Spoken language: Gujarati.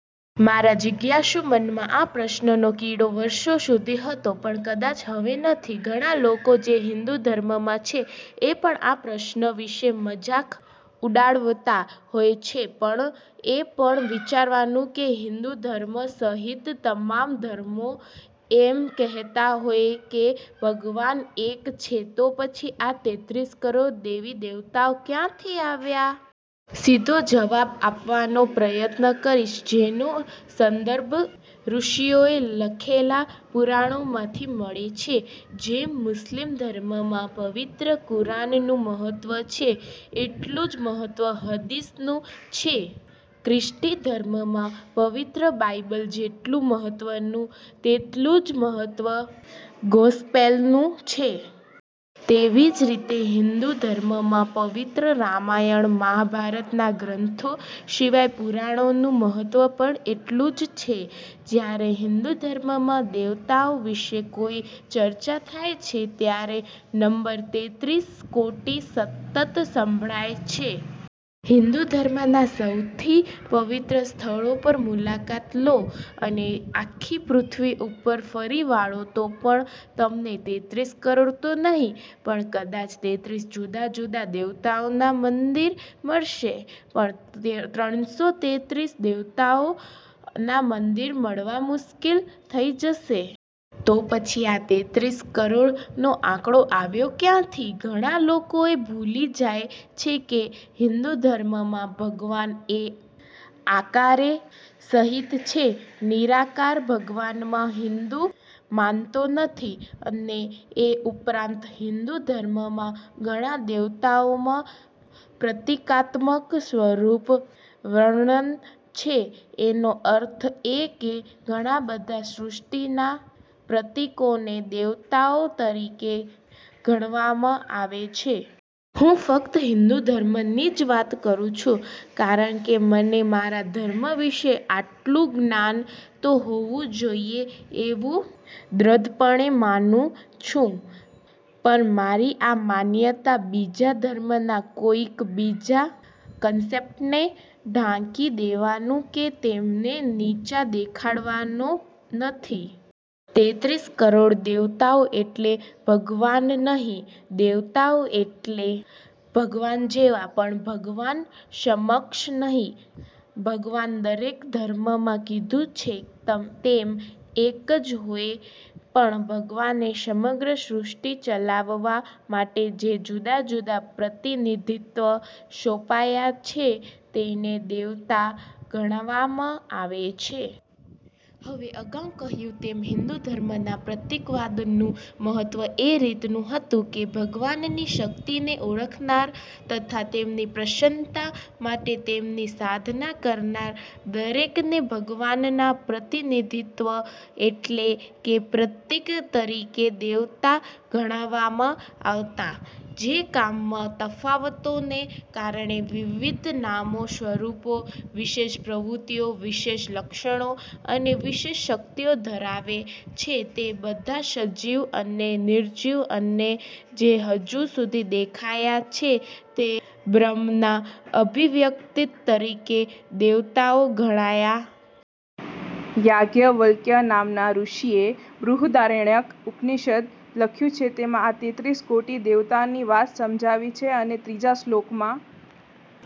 મારાં જિજ્ઞાસુ મનમાં આ પ્રશ્નનો કીડો વર્ષો સુધી હતો પણ કદાચ હવે નથી. ઘણાં લોકો જે હિંદુ ધર્મમાં છે એ પણ આ પ્રશ્ન વિશે મજાક ઉડાવતા હોય છે પણ એ પણ વિચારવાનું કે હિન્દુ ધર્મ સહિત તમામ ધર્મો એમ કહેતા હોય કે ભગવાન એક છે તો પછી આ તેત્રીસ કરોડ દેવી દેવતાઓ ક્યાંથી આવ્યા? સીધો જવાબ આપવાનો પ્રયત્ન કરીશ જેનો સંદર્ભ ઋષિઓએ લખેલાં પુરાણોમાંથી મળે છે. જેમ મુસ્લિમ ધર્મમાં પવિત્ર કુરાનનું મહત્ત્વ છે એટલું જ મહત્ત્વ હદીસ નું છે, ખ્રિસ્તી ધર્મમાં પવિત્ર બાઇબલ જેટલું મહત્વનું, તેટલું જ મહત્વ ગોસ્પેલનું છે. તેવી જ રીતે હિન્દુ ધર્મમાં પવિત્ર રામાયણ મહાભારત ના ગ્રંથો સિવાય પુરાણોનું મહત્વ પણ એટલું જ છે. જ્યારે હિંદુ ધર્મમાં દેવતાઓ વિશે કોઈ ચર્ચા થાય છે ત્યારે નંબર તેત્રીસ કોટી સતત સંભળાય છે. હિન્દુ ધર્મના સૌથી પવિત્ર સ્થળો પર મુલાકાત લો અને આખી પૃથ્વી ઉપર ફરી વાળો તો પણ તમને તેત્રીસ કરોડ તો નહીં પણ કદાચ તેત્રીસ જુદા જુદા દેવતાઓના મંદિર મળશે પણ ત્રણસો તેત્રીસ દેવતાઓ ના મંદિર મળવા મુશ્કેલ થઈ જશે. તો પછી આ તેત્રીસ કરોડ નો આંકડો આવ્યો ક્યાંથી? ઘણા લોકો એ ભૂલી જાય છે કે હિન્દુ ધર્મમાં ભગવાન એ આકારે સહિત છે નિરાકાર ભગવાનમાં હિન્દુ માનતો નથી અને એ ઉપરાંત હિન્દુ ધર્મમાં ઘણા દેવતાઓમાં પ્રતિકાત્મક સ્વરૂપ વર્ણન છે એનો અર્થ એ કે ઘણા બધા સૃષ્ટિના પ્રતિકોને દેવતાઓ તરીકે ગણવામાં આવે છે. હું ફકત હિંદુ ધર્મની જ વાત કરું છું, કારણ કે મને મારા ધર્મ વિશે આટલું જ્ઞાન તો હોવું જોઈએ એવું દ્રઢપણે માનું છું. પણ મારી આ માન્યતા બીજા ધર્મના કોઈક બીજા કન્સેપ્ટને ઢાંકી દેવાનું કે તેમને નીચા દેખાડવાનો નથી. તેત્રીસ કરોડ દેવતાઓ એટલે ભગવાન નહી. દેવતાઓ એટલે ભગવાન જેવા, પણ ભગવાન સમક્ષ નહી. ભગવાન દરેક ધર્મમાં કીધું છે ત તેમ, એક જ હોય પણ ભગવાને શમગ્ર શ્રુષ્ટિ ચલાવવા માટે જે જુદા જુદા પ્રતિનિધિત્વ સોંપ્યા છે તેને દેવતા ગણવામાં આવે છે. હવે અગાઉ કહ્યું તેમ હિંદુ ધર્મનાં પ્રતીકવાદનું મહત્ત્વ એ રીતનું હતું કે ભગવાનની શક્તિને ઓળખનાર તથા તેમની પ્રશન્નતા માટે તેમની સાધના કરનાર દરેકને ભગવાનના પ્રતિનિધિત્વ એટલે કે પ્રતિક તરીકે દેવતા ગણવામાં આવતા. જે કામમાં તફાવતોને કારણે વિવિધ નામો, શ્વરૂપો, વિશેષ પ્રવૂત્તિઓ, વિશેષ લક્ષણો અને વિશેષ શક્તિઓ ધરાવે છે તે બધા સજીવ અને નિર્જીવ અને જે હજુ સુધી દેખાયા છે, તે બ્રહ્મના અભિવ્યક્તિ તરીકે દેવતાઓ ગણાયા. યાજ્ઞવલ્ક્ય નામનાં ઋષિએ બૃહદારણ્યક ઉપનિષદ લખ્યું છે તેમાં આ તેત્રીસ કોટી દેવતાની વાત સમજાવી છે અને ત્રીજા શ્લોકમાં